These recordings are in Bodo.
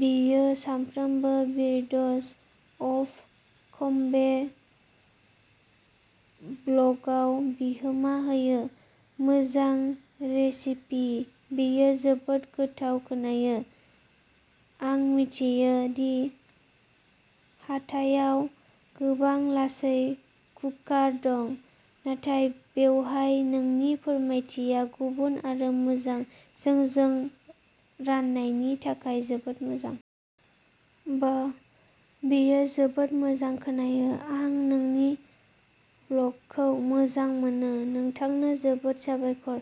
बियो सानफ्रोमबो बीड्स अफ केम्बे ब्लगआव बिहोमा होयो। मोजां रेसिपि! बेयो जोबोद गोथाव खोनायो। आं मिथियो दि हाथायाव गोबां लासै कुकार दं, नाथाय बेवहाय नोंनि फोरमायथिया गुबुन आरो मोजां। जोंजों राननायनि थाखाय जोबोद मोजां! बाह, बेयो जोबोद मोजां खोनायो! आं नोंनि ब्लगखौ मोजां मोनो! नोंथांनो जोबोद साबायखर!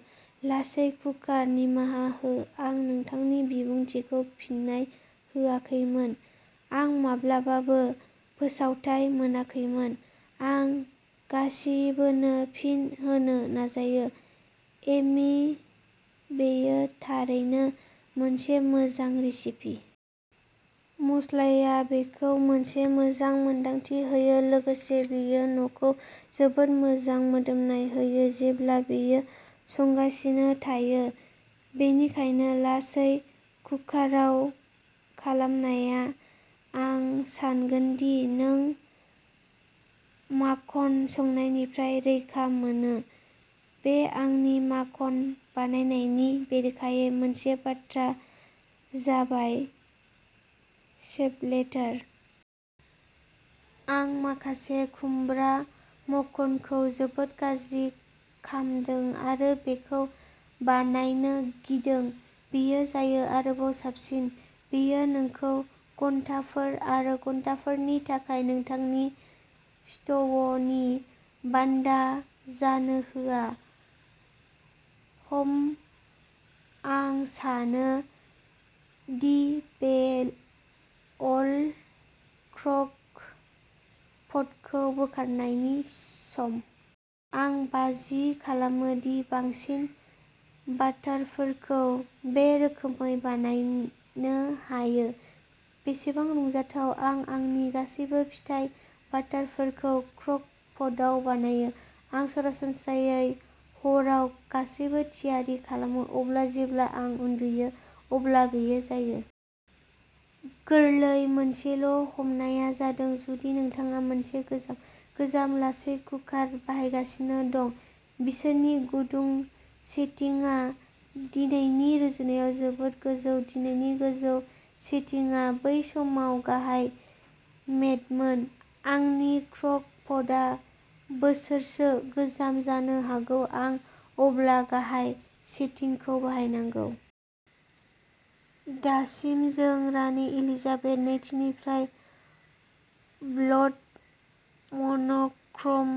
लासै कुकार, निमाहा हो, आं नोंथांनि बिबुंथिखौ फिननाय होआखैमोन, आं माब्लाबाबो फोसावथाइ मोनाखैमोन! आं गासिबोनो फिन होनो नाजायो! एमी, बेयो थारैनो मोनसे मोजां रेसिपि! मस्लाआ बेखौ मोनसे मोजां मोनदांथि होयो, लोगोसे बेयो न'खौ जोबोद मोजां मोदोमनाय होयो जेब्ला बेयो संगासिनो थायो! बेनिखायनो लासै कुकाराव खालामनाया-आं सानगोन दि नों माखन संनायनिफ्राय रैखा मोनो? बे आंनि माखन बानायनायनि बेरेखायै मोनसे बाथ्रा जाबाय स्प्लेटार। आं माखासे खुमब्रा माखनखौ जोबोद गाज्रि खामदों आरो बेखौ बानायनो गिदों। बेयो जायो! आरोबाव साबसिन! बेयो नोंखौ घन्टाफोर आरो घन्टाफोरनि थाखाय नोंथांनि स्ट'वनि बान्दा जानो होआ! हम्म, आं सानो दि बे'अल क्र'क पट'खौ बोखारनायनि सम! आं बाजि खालामो दि बांसिन बाटारफोरखौ बे रोखोमै बानायनो हायो। बेसेबां रंजाथाव!!!! आं आंनि गासैबो फिथाइ बाटारफोरखौ क्र'क पटआव बानायो! आं सरासनस्रायै हराव गासैबो थियारि खालामो, अब्ला जेब्ला आं उन्दुयो अब्ला बेयो जायो! गोरलै! मोनसेल' हमनाया जादों जुदि नोंथाङा मोनसे गोजाम/गोजाम लासै कुकार बाहायगासिनो दं। बिसोरनि गुदुं सेटिंआ दिनैनि रुजुनायाव जोबोद गोजौ। दिनैनि गोजौ सेटिंआ बै समाव गाहाय-मेडमोन! आंनि क्र'क पटआ बोसोरसो गोजाम-जानो हागौ आं अब्ला गाहाय सेटिंखौ बाहायनांगौ? दासिम जों रानि एलिजाबेथ नैथिनिफ्राय बोल्ड मन'क्र'म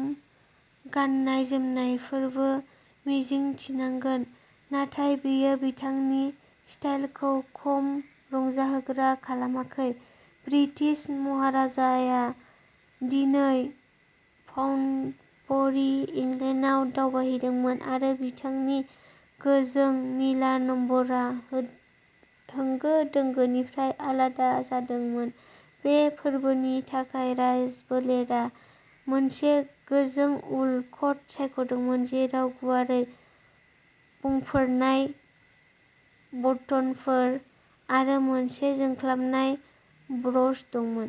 गाननाय-जोमनायफोरखौ मिजिंथिनांगोन, नाथाय बेयो बिथांनि स्टाइलखौ खम रंजाहोग्रा खालामाखै। ब्रिटिश महाराजाया दिनै पाउन्डबरी, इंलेन्डआव दावबायहैदोंमोन, आरो बिथांनि गोजों निला नम्बरआ होंगो-दोंगोनिफ्राय आलादा जादोंमोन। बे फोरबोनि थाखाय, राजफोलेरा मोनसे गोजों उल कट सायख'दोंमोन जेराव गुवारै बुंफोरनाय बटनफोर आरो मोनसे जोंख्लाबनाय ब्र'च दंमोन।